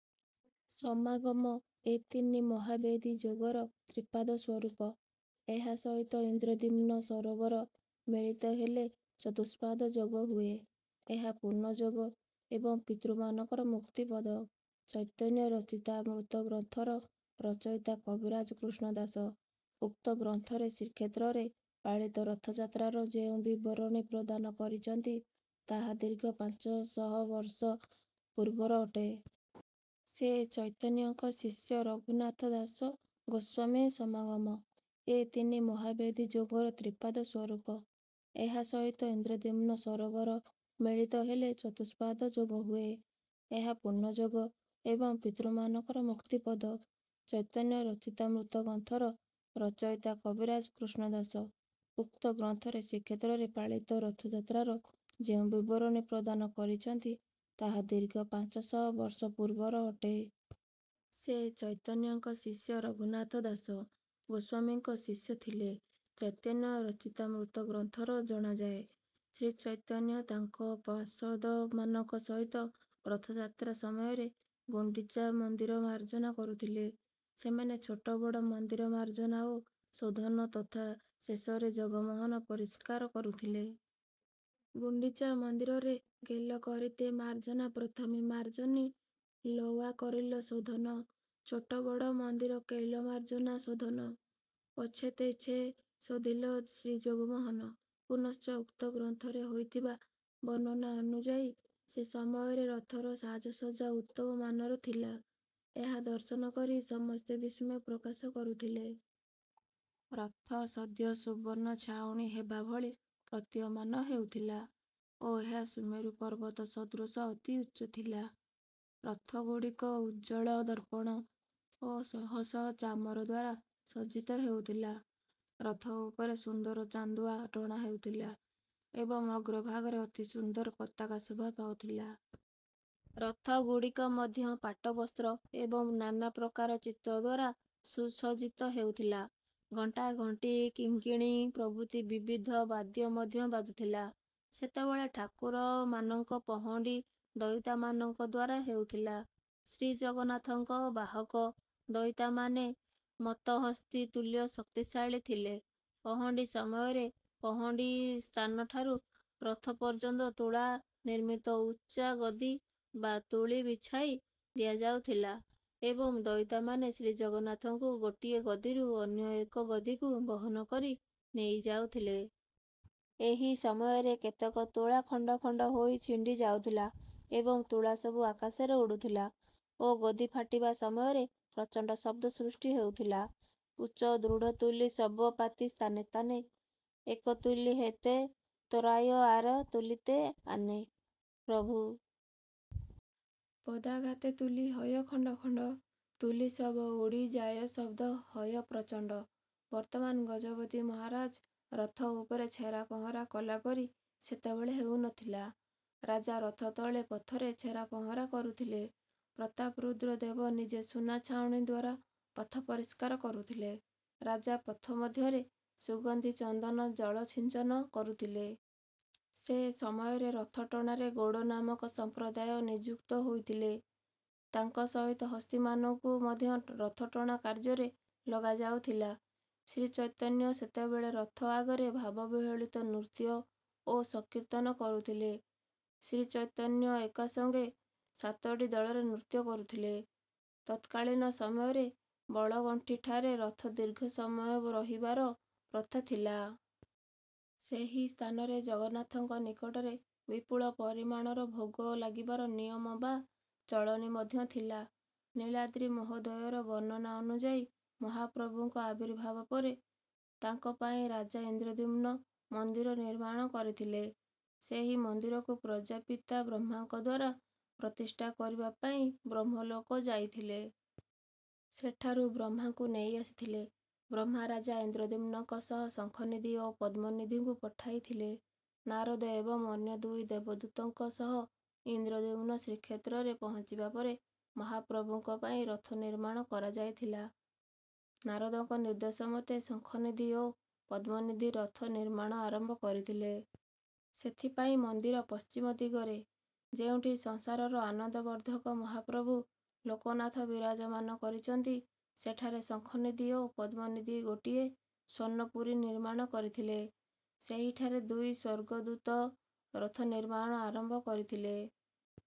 ସମାଗମ ଏ ତିନି ମହାବେଦୀ ଯୋଗର ତ୍ରିପାଦ ସ୍ୱରୂପ। ଏହା ସହିତ ଇନ୍ଦ୍ରଦ୍ୟୁମ୍ନ ସରୋବର ମିଳିତ ହେଲେ ଚତୁସ୍ପାଦ ଯୋଗ ହୁଏ। ଏହା ପୂର୍ଣ୍ଣଯୋଗ ଏବଂ ପିତୃମାନଙ୍କର ମୁକ୍ତିପଦ। ଚୈତନ୍ୟ ଚରିତାମୃତ ଗ୍ରନ୍ଥର ରଚୟିତା କବିରାଜ କୃଷ୍ଣଦାସ ଉକ୍ତ ଗ୍ରନ୍ଥରେ ଶ୍ରୀକ୍ଷେତ୍ରରେ ପାଳିତ ରଥଯାତ୍ରାର ଯେଉଁ ବିବରଣୀ ପ୍ରଦାନ କରିଛନ୍ତି, ତାହା ଦୀର୍ଘ ପାଞ୍ଚ ଶହ ବର୍ଷ ପୂର୍ବର ଅଟେ। ସେ ଚୈତନ୍ୟଙ୍କ ଶିଷ୍ୟ ରଘୁନାଥ ଦାସ ଗୋସ୍ୱାମୀସମାଗମ ଏ ତିନି ମହାବେଦୀ ଯୋଗର ତ୍ରିପାଦ ସ୍ୱରୂପ। ଏହା ସହିତ ଇନ୍ଦ୍ରଦ୍ୟୁମ୍ନ ସରୋବର ମିଳିତ ହେଲେ ଚତୁସ୍ପାଦ ଯୋଗ ହୁଏ। ଏହା ପୂର୍ଣ୍ଣଯୋଗ ଏବଂ ପିତୃମାନଙ୍କର ମୁକ୍ତିପଦ। ଚୈତନ୍ୟ ଚରିତାମୃତ ଗ୍ରନ୍ଥର ରଚୟିତା କବିରାଜ କୃଷ୍ଣଦାସ ଉକ୍ତ ଗ୍ରନ୍ଥରେ ଶ୍ରୀକ୍ଷେତ୍ରରେ ପାଳିତ ରଥଯାତ୍ରାର ଯେଉଁ ବିବରଣୀ ପ୍ରଦାନ କରିଛନ୍ତି, ତାହା ଦୀର୍ଘ ପାଞ୍ଚ ଶହ ବର୍ଷ ପୂର୍ବର ଅଟେ। ସେ ଚୈତନ୍ୟଙ୍କ ଶିଷ୍ୟ ରଘୁନାଥ ଦାସ ଗୋସ୍ୱାମୀଙ୍କ ଶିଷ୍ୟ ଥିଲେ। ଚୈତନ୍ୟ ଚରିତାମୃତ ଗ୍ରନ୍ଥରୁ ଜଣାଯାଏ, ଶ୍ରୀଚୈତନ୍ୟ ତାଙ୍କ ପାର୍ଷଦମାନଙ୍କ ସହିତ ରଥଯାତ୍ରା ସମୟରେ ଗୁଣ୍ଡିଚା ମନ୍ଦିର ମାର୍ଜନା କରୁଥିଲେ। ସେମାନେ ଛୋଟ ବଡ଼ ମନ୍ଦିର ମାର୍ଜନା ଓ ଶୋଧନ ତଥା ଶେଷରେ ଜଗମୋହନ ପରିଷ୍କାର କରୁଥିଲେ। ଗୁଣ୍ଡିଚାମନ୍ଦିରରେ ଗେଲ କରିତେ ମାର୍ଜନା ପ୍ରଥମେ ମାର୍ଜନୀ ଲୱା କରିଲ ଶୋଧନ। ଛୋଟ ବଡ଼ ମନ୍ଦିର କୈଲ ମାର୍ଜନା ଶୋଧନ। ପାଛେ ତୈଛେ ଶୋଧିଲ ଶ୍ରୀଜଗମୋହନ। ପୁନଶ୍ଚ ଉକ୍ତ ଗ୍ରନ୍ଥରେ ହୋଇଥିବା ବର୍ଣ୍ଣନା ଅନୁଯାୟୀ, ସେ ସମୟରେ ରଥର ସାଜସଜ୍ଜା ଉତ୍ତମମାନର ଥିଲା। ଏହା ଦର୍ଶନ କରି ସମସ୍ତେ ବିସ୍ମୟ ପ୍ରକାଶ କରୁଥିଲେ। ରଥ ସଦ୍ୟ ସୁବର୍ଣ୍ଣ ଛାଉଣୀ ହେବା ଭଳି ପ୍ରତୀୟମାନ ହେଉଥିଲା ଓ ଏହା ସୁମେରୁ ପର୍ବତ ସଦୃଶ ଅତି ଉଚ୍ଚ ଥିଲା। ରଥଗୁଡ଼ିକ ଉଜ୍ଜ୍ୱଳ ଦର୍ପଣ ଓ ଶହ ଶହ ଚାମର ଦ୍ୱାରା ସଜ୍ଜିତ ହେଉଥିଲା। ରଥ ଉପରେ ସୁନ୍ଦର ଚାନ୍ଦୁଆ ଟଣା ହେଉଥିଲା ଏବଂ ଅଗ୍ରଭାଗରେ ଅତି ସୁନ୍ଦର ପତାକା ଶୋଭା ପାଉଥିଲା। ରଥଗୁଡ଼ିକ ମଧ୍ୟ ପାଟବସ୍ତ୍ର ଏବଂ ନାନା ପ୍ରକାର ଚିତ୍ର ଦ୍ୱାରା ସୁସଜ୍ଜିତ ହେଉଥିଲା। ଘଣ୍ଟା, ଘଣ୍ଟି, କିଙ୍କିଣୀ ପ୍ରଭୃତି ବିବିଧ ବାଦ୍ୟ ମଧ୍ୟ ବାଜୁଥିଲା। ସେତେବେଳେ ଠାକୁରମାନଙ୍କ ପହଣ୍ଡି ଦଇତାମାନଙ୍କ ଦ୍ୱାରା ହେଉଥିଲା। ଶ୍ରୀଜଗନ୍ନାଥଙ୍କ ବାହକ ଦଇତାମାନେ ମତ୍ତହସ୍ତୀ ତୁଲ୍ୟ ଶକ୍ତିଶାଳୀ ଥିଲେ। ପହଣ୍ଡି ସମୟରେ ପହଣ୍ଡି ସ୍ଥାନଠାରୁ ରଥ ପର୍ଯ୍ୟନ୍ତ ତୁଳା ନିର୍ମିତ ଉଚ୍ଚା ଗଦି ବା ତୁଳୀ ବିଛାଇ ଦିଆଯାଉଥିଲା ଏବଂ ଦଇତାମାନେ ଶ୍ରୀଜଗନ୍ନାଥଙ୍କୁ ଗୋଟିଏ ଗଦିରୁ ଅନ୍ୟ ଏକ ଗଦିକୁ ବହନ କରି ନେଇଯାଉଥିଲେ। ଏହି ସମୟରେ କେତେକ ତୁଳା ଖଣ୍ଡ ଖଣ୍ଡ ହୋଇ ଛିଡ଼ି ଯାଉଥିଲା ଏବଂ ତୁଳା ସବୁ ଆକାଶରେ ଉଡ଼ୁଥିଲା ଓ ଗଦି ଫାଟିବା ସମୟରେ ପ୍ରଚଣ୍ଡ ଶବ୍ଦ ସୃଷ୍ଟି ହେଉଥିଲା। ଉଚ୍ଚ ଦୃଢ଼ ତୁଲୀ ସବ ପାତି ସ୍ଥାନେସ୍ଥାନେ। ଏକ ତୁଲୀ ହୈତେ ତ୍ୱରାୟ ଆର ତୁଲୀତେ ଆନେ। ପ୍ରଭୁ ପଦାଘାତେ ତୁଲୀ ହୟ ଖଣ୍ଡ ଖଣ୍ଡ। ତୁଲୀ ସବ ଉଡ଼ି ଯାୟ ଶବ୍ଦ ହୟ ପ୍ରଚଣ୍ଡ। ବର୍ତ୍ତମାନ ଗଜପତି ମହାରାଜ ରଥ ଉପରେ ଛେରାପହଁରା କଲା ପରି ସେତେବେଳେ ହେଉନଥିଲା। ରାଜା ରଥ ତଳେ ପଥରେ ଛେରାପହଁରା କରୁଥିଲେ। ପ୍ରତାପରୁଦ୍ର ଦେବ ନିଜେ ସୁନା ଛାଉଣୀ ଦ୍ୱାରା ପଥ ପରିଷ୍କାର କରୁଥିଲେ, ରାଜା ପଥ ମଧ୍ୟରେ ସୁଗନ୍ଧି ଚନ୍ଦନ ଜଳ ସିଞ୍ଚନ କରୁଥିଲେ। ସେ ସମୟରେ ରଥଟଣାରେ ଗୌଡ଼ ନାମକ ସମ୍ପ୍ରଦାୟ ନିଯୁକ୍ତ ହେଉଥିଲେ। ତାଙ୍କ ସହିତ ହସ୍ତୀମାନଙ୍କୁ ମଧ୍ୟ ରଥଟଣା କାର୍ଯ୍ୟରେ ଲଗାଯାଉଥିଲା ଶ୍ରୀଚୈତନ୍ୟ ସେତେବେଳେ ରଥ ଆଗରେ ଭାବବିହ୍ୱଳିତ ନୃତ୍ୟ ଓ ସଂକୀର୍ତ୍ତନ କରୁଥିଲେ। ଶ୍ରୀଚୈତନ୍ୟ ଏକସଙ୍ଗେ ସାତଟି ଦଳରେ ନୃତ୍ୟ କରୁଥିଲେ। ତତ୍କାଳୀନ ସମୟରେ ବଳଗଣ୍ଡିଠାରେ ରଥ ଦୀର୍ଘ ସମୟ ରହିବାର ପ୍ରଥା ଥିଲା। ସେହି ସ୍ଥାନରେ ଜଗନ୍ନାଥଙ୍କ ନିକଟରେ ବିପୁଳ ପରିମାଣର ଭୋଗ ଲାଗିବାର ନିୟମ ବା ଚଳଣି ମଧ୍ୟ ଥିଲା। ନୀଳାଦ୍ରି ମହୋଦୟର ବର୍ଣ୍ଣନା ଅନୁଯାୟୀ ମହାପ୍ରଭୁଙ୍କ ଆବିର୍ଭାବ ପରେ ତାଙ୍କ ପାଇଁ ରାଜା ଇନ୍ଦ୍ରଦ୍ୟୁମ୍ନ ମନ୍ଦିର ନିର୍ମାଣ କରିଥିଲେ। ସେହି ମନ୍ଦିରକୁ ପ୍ରଜାପିତା ବ୍ରହ୍ମାଙ୍କ ଦ୍ୱାରା ପ୍ରତିଷ୍ଠା କରିବା ପାଇଁ ବ୍ରହ୍ମଲୋକ ଯାଇଥିଲେ। ସେଠାରୁ ବ୍ରହ୍ମାଙ୍କୁ ନେଇ ଆସିଥିଲେ। ବ୍ରହ୍ମା ରାଜା ଇନ୍ଦ୍ରଦ୍ୟୁମ୍ନଙ୍କ ସହ ଶଙ୍ଖନିଧି ଓ ପଦ୍ମନିଧିଙ୍କୁ ପଠାଇଥିଲେ। ନାରଦ ଏବଂ ଅନ୍ୟ ଦୁଇ ଦେବଦୂତଙ୍କ ସହ ଇନ୍ଦ୍ରଦ୍ୟୁମ୍ନ ଶ୍ରୀକ୍ଷେତ୍ରରେ ପହଞ୍ଚିବା ପରେ ମହାପ୍ରଭୁଙ୍କ ପାଇଁ ରଥ ନିର୍ମାଣ କରାଯାଇଥିଲା। ନାରଦଙ୍କ ନିର୍ଦ୍ଦେଶ ମତେ ଶଙ୍ଖନିଧି ଓ ପଦ୍ମନିଧି ରଥ ନିର୍ମାଣ ଆରମ୍ଭ କରିଥିଲେ। ସେଥିପାଇଁ ମନ୍ଦିର ପଶ୍ଚିମ ଦିଗରେ, ଯେଉଁଠି ସଂସାରର ଆନନ୍ଦବର୍ଦ୍ଧକ ମହାପ୍ରଭୁ ଲୋକନାଥ ବିରାଜମାନ କରିଛନ୍ତି, ସେଠାରେ ଶଙ୍ଖନିଧି ଓ ପଦ୍ମନିଧି ଗୋଟିଏ ସ୍ୱର୍ଣ୍ଣପୁରୀ ନିର୍ମାଣ କରିଥିଲେ। ସେହିଠାରେ ଦୁଇ ସ୍ୱର୍ଗଦୂତ ରଥ ନିର୍ମାଣ ଆରମ୍ଭ କରିଥିଲେ।